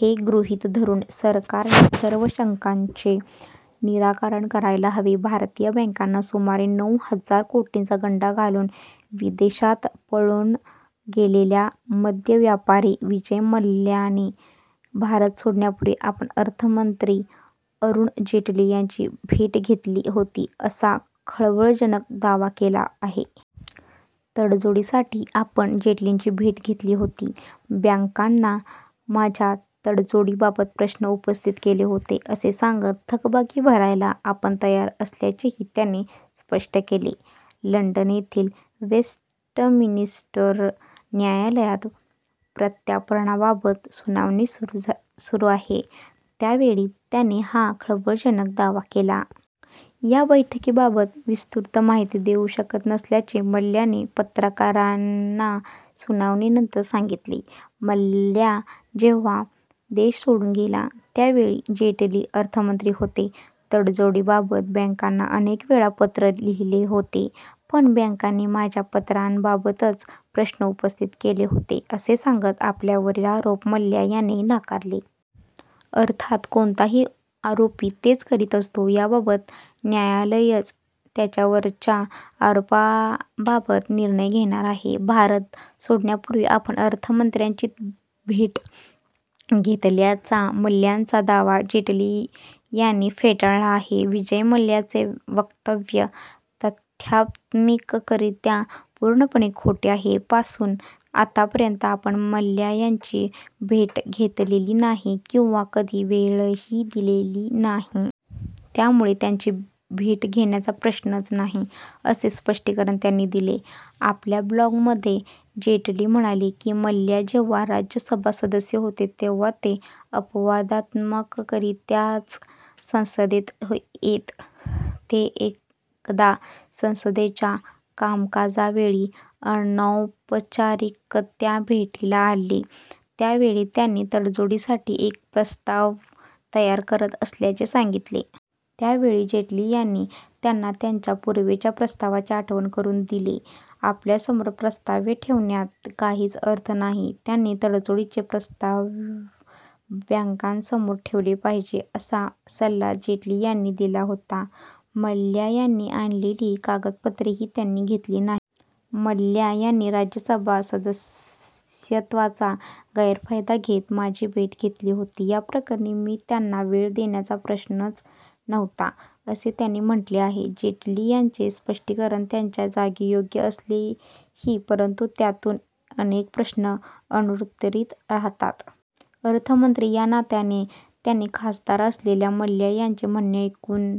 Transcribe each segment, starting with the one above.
हे गृहीत धरून सरकारने सर्व शंकांचे निराकरण करायला हवे. भारतीय बॅंकांना सुमारे नऊ हजार कोटींचा गंडा घालून विदेशात पळून गेलेला मद्य व्यापारी विजय मल्ल्याने भारत सोडण्यापूर्वी आपण अर्थमंत्री अरुण जेटली यांची भेट घेतली होती, असा खळबळजनक दावा केला आहे. तडजोडीसाठी आपण जेटलींची भेट घेतली होती. बॅंकांनी माझ्या तडजोडीबाबत प्रश्न उपस्थित केले होते, असे सांगत थकबाकी भरायला आपण तयार असल्याचेही त्याने स्पष्ट केले. लंडन येथील वेस्टमिनिस्टर न्यायालयात प्रत्यार्पणाबाबत सुनावणी सुरू आहे. त्या वेळी त्याने हा खळबळजनक दावा केला. या बैठकीबाबत विस्तृत माहिती देऊ शकत नसल्याचे मल्ल्याने पत्रकारांना सुनावणीनंतर सांगितले. मल्ल्या जेव्हा देश सोडून गेला, त्या वेळी जेटली अर्थमंत्री होते. तडजोडीबाबत बॅंकांना अनेकवेळा पत्र लिहिले होते; पण बॅंकांनी माझ्या पत्रांबाबतच प्रश्न उपस्थित केले होते, असे सांगत आपल्यावरील आरोप मल्ल्या याने नाकारले. अर्थात कोणताही आरोपी तेच करीत असतो. याबाबत न्यायालयच त्याच्यावरच्या आरोपाबाबत निर्णय घेणार आहे. भारत सोडण्यापूर्वी आपण अर्थमंत्र्यांची भेट घेतल्याचा मल्ल्यांचा दावा जेटली यांनी फेटाळला आहे. विजय मल्ल्याचे वक्तव्य तथ्यात्मकरित्या पूर्णपणे खोटे आहे. पासून आतापर्यंत आपण मल्ल्या यांची भेट घेतलेली नाही किंवा कधी वेळही दिलेली नाही. त्यामुळे त्यांची भेट घेण्याचा प्रश्नच नाही, असे स्पष्टीकरण त्यांनी दिले. आपल्या ब्लॉगमध्ये जेटली म्हणाले, की, मल्ल्या जेव्हा राज्यसभा सदस्य होते, तेव्हा ते अपवादात्मकरित्याच संसदेत येत. ते एकदा संसदेच्या कामकाजावेळी अनौपचारिकत्या भेटीला आले. त्या वेळी त्यांनी तडजोडीसाठी एक प्रस्ताव तयार करत असल्याचे सांगितले. त्या वेळी जेटली यांनी त्यांना त्यांच्या पूर्वीच्या प्रस्तावाची आठवण करून दिले. आपल्यासमोर प्रस्ताव ठेवण्यात काहीच अर्थ नाही. त्यांनी तडजोडीचे प्रस्ताव बॅंकांसमोर ठेवले पाहिजेत, असा सल्ला जेटली यांनी दिला होता. मल्ल्या यांनी आणलेली कागदपत्रेही त्यांनी घेतली नाहीत. मल्ल्या यांनी राज्यसभा सदस्यत्वाचा गैरफायदा घेत माझी भेट घेतली होती. याप्रकरणी मी त्यांना वेळ देण्याचा प्रश्नच नव्हता, असे त्यांनी म्हटले आहे. जेटली यांचे स्पष्टीकरण त्यांच्या जागी योग्य असेलही परंतु त्यातून अनेक प्रश्न अनुत्तरीत राहतात. अर्थमंत्री या नात्याने त्यांनी खासदार असलेल्या मल्ल्या यांचे म्हणणे ऐकून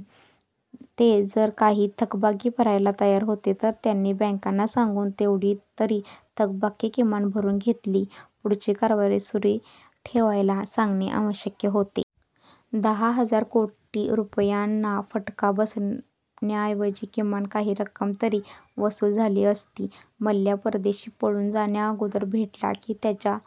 ते जर काही थकबाकी भरायला तयार होते, तर त्यांनी बॅंकांना सांगून तेवढी तरी थकबाकी किमान भरून घेऊन पुढची कारवाई सुरू ठेवायला सांगणे आवश्यक होते. दहा हजार कोटी रुपयांना फटका बसण्याऐवजी किमान काही रक्कम तरी वसूल झाली असती. मल्ल्या परदेशी पळून जाण्याअगोदर भेटला, की त्याच्या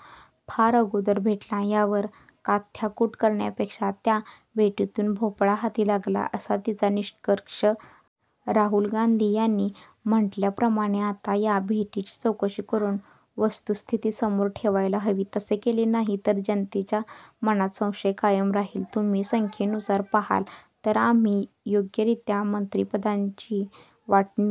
फार अगोदर भेटला, यावर काथ्याकुट करण्यापेक्षा त्या भेटीतून भोपळा हाती लागला, असा तिचा निष्कर्ष आहे. राहुल गांधी यांनी म्हटल्याप्रमाणे आता या भेटीची चौकशी करून वस्तुस्थिती समोर ठेवायला हवी. तसे केले नाही, तर जनतेच्या मनात संशय कायम राहील. तुम्ही संख्येनुसार पाहाल, तर आम्ही योग्यरित्या मंत्रिपदांची वाटणी